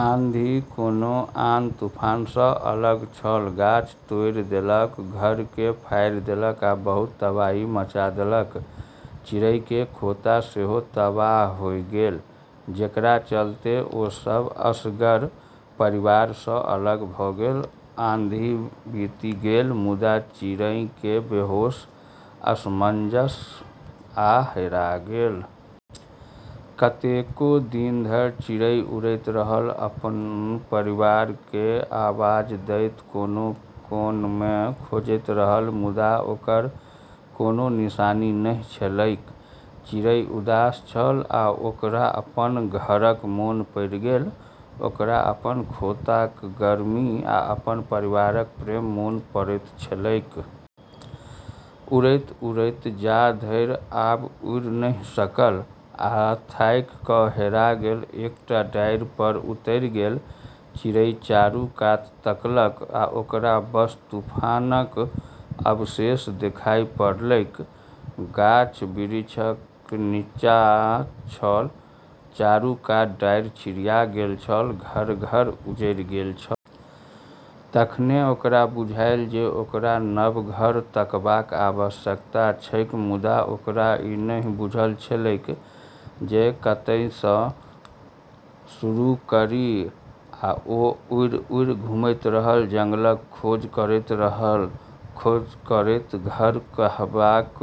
आंधी कोनो आन तूफानसँ अलग छल, गाछ तोड़ि देलक, घरके फाड़ि देलक आ बहुत तबाही मचा देलक। चिड़ैके खोंता सेहो तबाह होइ गेलै, जेकरा चलते ओ सब असगर, परिवारसँ अलग भ' गेलै। आंधी बीति गेलै, मुदा चिड़ैकेँ बेहोश, असमंजस आ हेरा गेल। कतेको दिन धरि चिड़ै उड़ैत रहल, अपन परिवारकेँ आवाज दैत, कोन-कोनमे खोजैत रहल, मुदा ओकर कोनो निशानी नहि छलैक। चिड़ै उदास छल, आ ओकरा अपन घरक मोन पड़ि गेलै। ओकरा अपन खोंताक गर्मी, आ अपन परिवारक प्रेम मोन पड़ैत छलैक। उड़ैत-उड़ैत जा धरि आब उड़ि नहि सकल, आ थाकि क' हेरा गेल एकटा डारि पर उतरि गेल। चिड़ै चारू कात तकलक, आ ओकरा बस तूफानक अवशेष देखाइ पड़लैक। गाछ-बिरिछ निच्चाँ छल, चारू कात डारि छिड़िया गेल छल, घर-घर उजड़ि गेल छल। तखने ओकरा बुझाइल जे ओकरा नव घर ताकबाक आवश्यकता छैक, मुदा ओकरा ई नहि बुझल छलैक जे कतयसँ शुरू करी। ओ उड़ि-उड़ि घुमैत रहल, जंगलक खोज करैत, घर कहबाक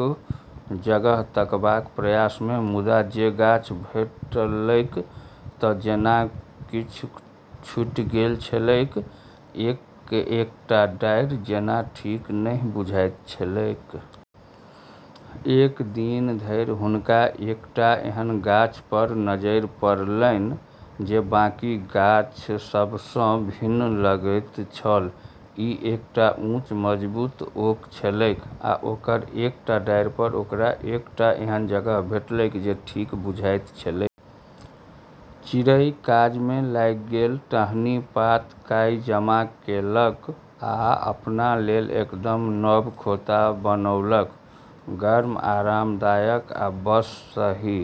जगह ताकबाक प्रयासमे। मुदा जे गाछ भेटलैक तऽ जेना किछ छूटि गेल छलैक, एक-एकटा डारि जेना ठीक नहि बुझाइत छलैक। एक दिन धरि हुनका एकटा एहन गाछ पर नजरि पड़लनि जे बाकी गाछ सभसँ भिन्न लगैत छल। ई एकटा ऊँच, मजबूत ओक छलैक आ ओकर एकटा डारि पर ओकरा एकटा एहन जगह भेटलैक जे ठीके बुझाइत छलैक। चिड़ै काजमे लागि गेलै, टहनी, पात, काई जमा केलक आ अपना लेल एकदम नव खोंता बनौलक। गर्म, आरामदायक आ बस सही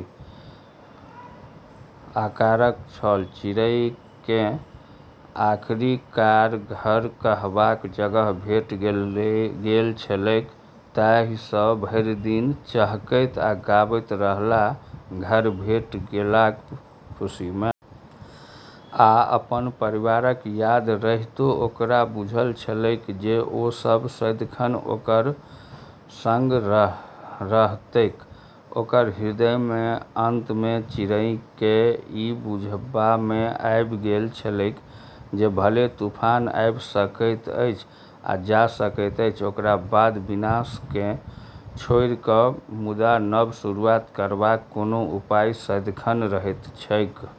आकारक छल। चिड़ैकेँ आखिरकार घर कहबाक जगह भेटि गेल छलैक। तहियासँ भरि दिन चहकैत आ गबैत रहलाह, घर भेटि गेलाक खुशीमे। आ अपन परिवारक याद रहितो ओकरा बुझल छलैक जे ओ सभ सदिखन ओकर सङ्ग रहतैक, ओकर हृदयमे। अंतमे चिड़ैकेँ ई बुझबामे आबि गेल छलैक जे भले तूफान आबि सकैत अछि आ जा सकैत अछि, ओकर बाद विनाशकेँ छोड़ि क', मुदा नव शुरुआत करबाक कोनो उपाय सदिखन रहैत छैक।